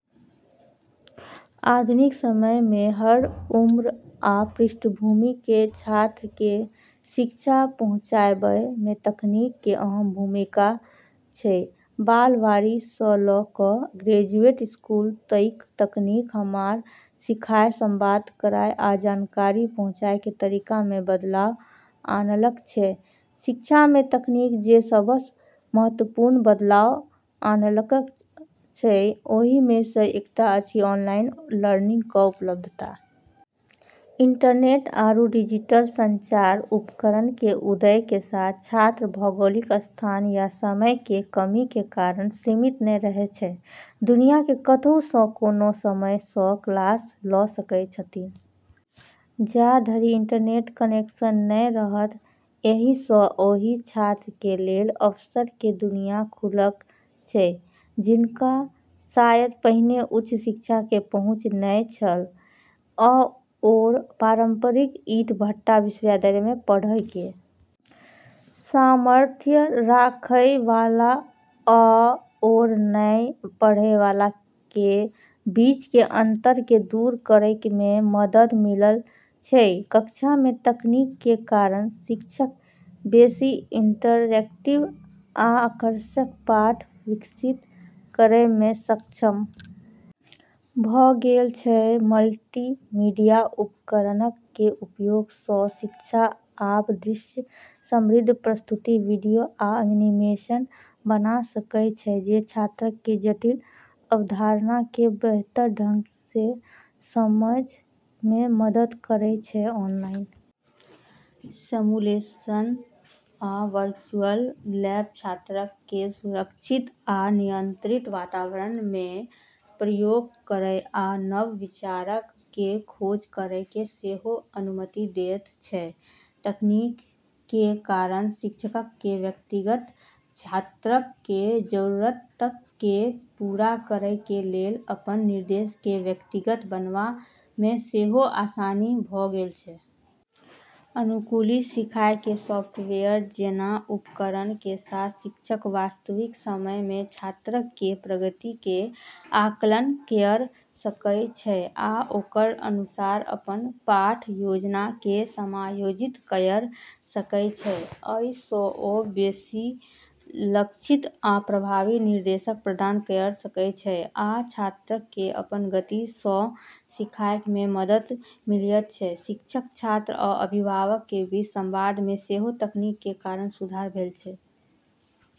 आधुनिक समय मे हर उम्र आ पृष्ठभूमि के छात्र के शिक्षा पहुंचाबय मे तकनीक के अहम भूमिका अछि, बालवाड़ी सं ल क ग्रेजुएट स्कूल तइक, तकनीक हमरा सीखय, संवाद करय आ जानकारी पहुंचय कें तरीका मे बदलाव आनलक छै, शिक्षा मे तकनीक जे सबस महत्वपूर्ण बदलाव अनलक अछि ओहि मे स एकटा अछि ऑनलाइन लर्निंग क उपलब्धता। इंटरनेट आरू डिजिटल संचार उपकरण के उदय के साथ छात्र भौगोलिक स्थान या समय के कमी के कारण सीमित नै रहे छै। दुनिया के कतहु सं कोनो समय सं क्लास ल सकय छथिन्ह जा धरि इंटरनेट कनेक्शन नहिं रहत एहि सं ओहि छात्र के लेल अवसर के दुनिया खुलल अछि जिनका शायद पहिने उच्च शिक्षा के पहुंच नहिं छल आओर पारंपरिक ईंट-भट्ठा विश्वविद्यालय में पढ़य के सामर्थ्य राखय वाला आओर नहिं पढ़य वाला के बीच के अंतर के दूर करय में मदद मिलल अछि, कक्षा मे तकनीक कें कारण शिक्षक बेसि इंटरैक्टिव आ आकर्षक पाठ विकसित करय मे सक्षम भ गेल छै, मल्टीमीडिया उपकरणक कें उपयोग सं शिक्षक आब दृश्य-समृद्ध प्रस्तुति, वीडियो आ एनीमेशन बना सकय छै जे छात्रक कें जटिल अवधारणा कें बेहतर ढंग सं समझय मे मदद करय छै, ऑनलाइन सिमुलेशन आ वर्चुअल लैब छात्रक कें सुरक्षित आ नियंत्रित वातावरण मे प्रयोग करय आ नव विचारक कें खोज करय कें सेहो अनुमति देयत छै, तकनीक कें कारण शिक्षकक कें व्यक्तिगत छात्रक कें जरूरतक कें पूरा करय कें लेल अपन निर्देश कें व्यक्तिगत बनावा मे सेहो आसानी भ गेल छै. अनुकूली सीखय कें सॉफ्टवेयर जैना उपकरणक कें साथ शिक्षक वास्तविक समय मे छात्रक कें प्रगति कें आकलन कयर सकय छै आ ओकर अनुसार अपन पाठ योजना कें समायोजित कयर सकय छै. अइ सं ओ बेसि लक्षित आ प्रभावी निर्देश प्रदान कयर सकय छै आ छात्रक कें अपन गति सं सीखय मे मदद मिलयत छै, शिक्षक, छात्र आ अभिभावक के बीच संवाद में सेहो तकनीक के कारण सुधार भेल अछि।